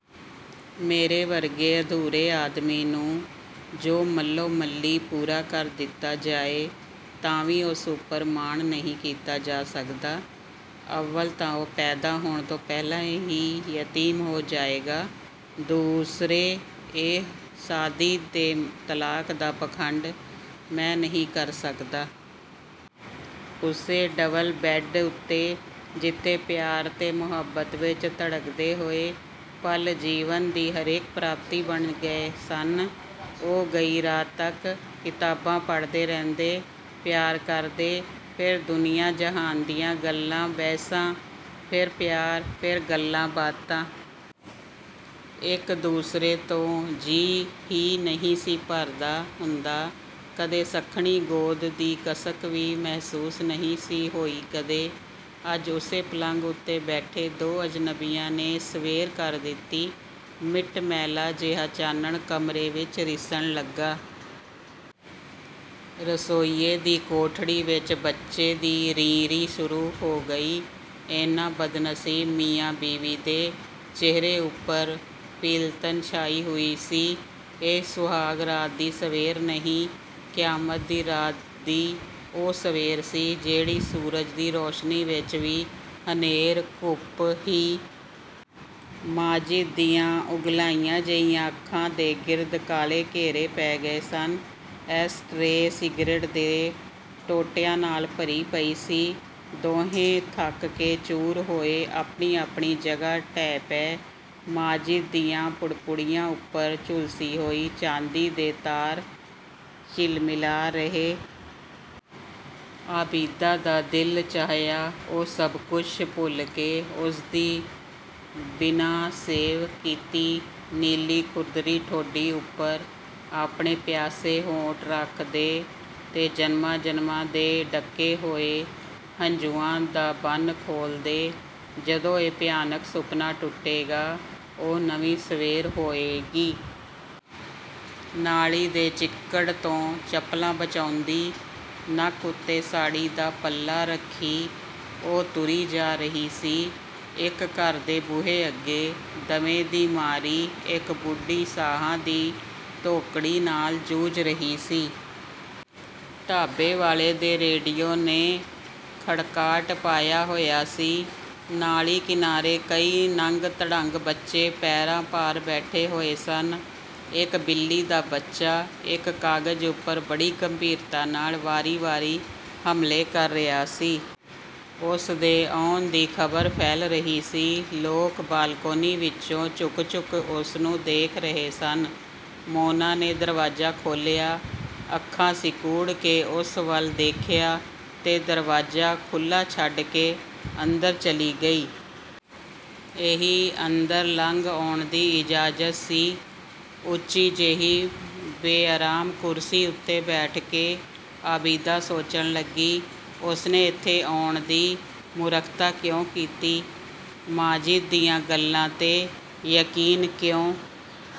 "ਮੇਰੇ ਵਰਗੇ ਅਧੂਰੇ ਆਦਮੀ ਨੂੰ ਜੇ ਮੱਲੋ-ਮੱਲੀ ਪੂਰਾ ਕਰ ਦਿੱਤਾ ਜਾਏ ਤਾਂ ਵੀ ਉਸ ਉੱਪਰ ਮਾਣ ਨਹੀਂ ਕੀਤਾ ਜਾ ਸਕਦਾ। ਅੱਵਲ ਤਾਂ ਉਹ ਪੈਦਾ ਹੋਣ ਤੋਂ ਪਹਿਲਾਂ ਹੀ ਯਤੀਮ ਹੋ ਜਾਏਗਾ, ਦੂਸਰੇ ਇਹ ਸ਼ਾਦੀ ਤੇ ਤਲਾਕ ਦਾ ਪਾਖੰਡ ਮੈਂ ਨਹੀਂ ਕਰ ਸਕਦਾ।" ਉਸੇ ਡਬਲ-ਬੈੱਡ ਉੱਤੇ ਜਿੱਥੇ ਪਿਆਰ ਤੇ ਮੁਹੱਬਤ ਵਿੱਚ ਧੜਕਦੇ ਹੋਏ ਪਲ ਜੀਵਨ ਦੀ ਹਰੇਕ ਪ੍ਰਾਪਤੀ ਬਣ ਗਏ ਸਨ, ਉਹ ਗਈ ਰਾਤ ਤੱਕ ਕਿਤਾਬਾਂ ਪੜ੍ਹਦੇ ਰਹਿੰਦੇ, ਪਿਆਰ ਕਰਦੇ। ਫਿਰ ਦੁਨੀਆਂ-ਜਹਾਨ ਦੀਆਂ ਗੱਲਾਂ-ਬਹਿਸਾਂ, ਫਿਰ ਪਿਆਰ, ਫਿਰ ਗੱਲਾਂ-ਬਾਤਾਂ। ਇੱਕ ਦੂਸਰੇ ਤੋਂ ਜੀਅ ਹੀ ਨਹੀਂ ਸੀ ਭਰਦਾ ਹੁੰਦਾ। ਕਦੇ ਸੱਖਣੀ ਗੋਦ ਦੀ ਕਸਕ ਵੀ ਮਹਿਸੂਸ ਨਹੀਂ ਸੀ ਹੋਈ ਕਦੇ। ਅੱਜ ਉਸੇ ਪਲੰਘ ਉੱਤੇ ਬੈਠੇ ਦੋ ਅਜਨਬੀਆਂ ਨੇ ਸਵੇਰ ਕਰ ਦਿੱਤੀ। ਮਿੱਟ-ਮੈਲਾ ਜਿਹਾ ਚਾਨਣ ਕਮਰੇ ਵਿੱਚ ਰਿਸਣ ਲੱਗਾ। ਰਸੋਈਏ ਦੀ ਕੋਠੜੀ ਵਿੱਚ ਬੱਚੇ ਦੀ 'ਰੀਂ-ਰੀਂ' ਸ਼ੁਰੂ ਹੋ ਗਈ। ਇਹਨਾਂ ਬਦਨਸੀਬ ਮੀਆਂ-ਬੀਵੀ ਦੇ ਚਿਹਰੇ ਉੱਪਰ ਪੀਲਤਨ ਛਾਈ ਹੋਈ ਸੀ। ਇਹ ਸੁਹਾਗ ਰਾਤ ਦੀ ਸਵੇਰ ਨਹੀਂ, ਕਿਆਮਤ ਦੀ ਰਾਤ ਦੀ ਉਹ ਸਵੇਰ ਸੀ ਜਿਹੜੀ ਸੂਰਜ ਦੀ ਰੋਸ਼ਨੀ ਵਿੱਚ ਵੀ ਹਨੇਰ-ਘੁੱਪ ਹੀ ਰਹੇਗੀ। ਮਾਜਿਦ ਦੀਆਂ ਉੰਘਲਾਈਆਂ ਜਿਹੀਆਂ ਅੱਖਾਂ ਦੇ ਗਿਰਦ ਕਾਲੇ ਘੇਰੇ ਪੈ ਗਏ ਸਨ। ਐਸ਼-ਟਰੇ ਸਿਗਰੇਟ ਦੇ ਟੋਟਿਆਂ ਨਾਲ ਭਰੀ ਪਈ ਸੀ। ਦੋਹੇਂ ਥੱਕ ਕੇ ਚੂਰ ਹੋਏ, ਆਪਣੀ-ਆਪਣੀ ਜਗ੍ਹਾ ਢਹਿ ਪਏ। ਮਾਜਿਦ ਦੀਆਂ ਪੁੜਪੁੜੀਆਂ ਉੱਪਰ ਝੁਲਸੀ ਹੋਈ ਚਾਂਦੀ ਦੇ ਤਾਰ ਝਿਲਮਿਲਾ ਰਹੇ ਸਨ। ਆਬਿਦਾ ਦਾ ਦਿਲ ਚਾਹਿਆ ਉਹ ਸਭ ਕੁਝ ਭੁੱਲ ਕੇ ਉਸਦੀ ਬਿਨਾਂ ਸ਼ੇਵ ਕੀਤੀ, ਨੀਲੀ ਖੁਰਦਰੀ ਠੋਡੀ ਉੱਪਰ ਆਪਣੇ ਪਿਆਸੇ ਹੋਂਠ ਰੱਖ ਦੇ ਤੇ ਜਨਮਾਂ-ਜਨਮਾਂ ਦੇ ਡੱਕੇ ਹੋਏ ਹੰਝੂਆਂ ਦਾ ਬੰਨ੍ਹ ਖੋਲ੍ਹ ਦੇ। ਜਦੋਂ ਇਹ ਭਿਆਨਕ ਸੁਪਨਾ ਟੁੱਟੇਗਾ, ਉਹ ਨਵੀਂ ਸਵੇਰ ਹੋਏਗੀ। ਨਾਲੀ ਦੇ ਚਿੱਕੜ ਤੋਂ ਚੱਪਲਾਂ ਬਚਾਉਂਦੀ, ਨੱਕ ਉੱਤੇ ਸਾੜ੍ਹੀ ਦਾ ਪੱਲਾ ਰੱਖੀ, ਉਹ ਤੁਰੀ ਜਾ ਰਹੀ ਸੀ। ਇੱਕ ਘਰ ਦੇ ਬੂਹੇ ਅੱਗੇ ਦਮੇ ਦੀ ਮਾਰੀ ਇੱਕ ਬੁੱਢੀ ਸਾਹਾਂ ਦੀ ਧੌਂਕੜੀ ਨਾਲ ਜੂਝ ਰਹੀ ਸੀ। ਢਾਬੇ ਵਾਲੇ ਦੇ ਰੇਡੀਓ ਨੇ 'ਖੜਕਾਟ' ਪਾਇਆ ਹੋਇਆ ਸੀ। ਨਾਲੀ ਕਿਨਾਰੇ ਕਈ ਨੰਗ-ਧੜੰਗ ਬੱਚੇ ਪੈਰਾਂ ਭਾਰ ਬੈਠੇ ਹੋਏ ਸਨ। ਇੱਕ ਬਿੱਲੀ ਦਾ ਬੱਚਾ ਇੱਕ ਕਾਗਜ਼ ਉੱਪਰ ਬੜੀ ਗੰਭੀਰਤਾ ਨਾਲ ਵਾਰੀ-ਵਾਰੀ ਹਮਲੇ ਕਰ ਰਿਹਾ ਸੀ। ਉਸਦੇ ਆਉਣ ਦੀ ਖ਼ਬਰ ਫੈਲ ਰਹੀ ਸੀ। ਲੋਕ ਬਾਲਕੋਨੀ ਵਿੱਚੋਂ ਝੁਕ-ਝੁਕ ਉਸਨੂੰ ਦੇਖ ਰਹੇ ਸਨ। ਮੋਨਾ ਨੇ ਦਰਵਾਜ਼ਾ ਖੋਲ੍ਹਿਆ, ਅੱਖਾਂ ਸਿਕੂੜ ਕੇ ਉਸ ਵੱਲ ਦੇਖਿਆ ਤੇ ਦਰਵਾਜ਼ਾ ਖੁੱਲ੍ਹਾ ਛੱਡ ਕੇ ਅੰਦਰ ਚਲੀ ਗਈ। ਇਹੀ ਅੰਦਰ ਲੰਘ ਆਉਣ ਦੀ ਇਜਾਜ਼ਤ ਸੀ। ਉੱਚੀ ਜਿਹੀ ਬੇਆਰਾਮ ਕੁਰਸੀ ਉੱਤੇ ਬੈਠ ਕੇ ਆਬਿਦਾ ਸੋਚਣ ਲੱਗੀ, 'ਉਸਨੇ ਇੱਥੇ ਆਉਣ ਦੀ ਮੂਰਖਤਾ ਕਿਉਂ ਕੀਤੀ?... ਮਾਜਿਦ ਦੀਆਂ ਗੱਲਾਂ 'ਤੇ ਯਕੀਨ ਕਿਉਂ?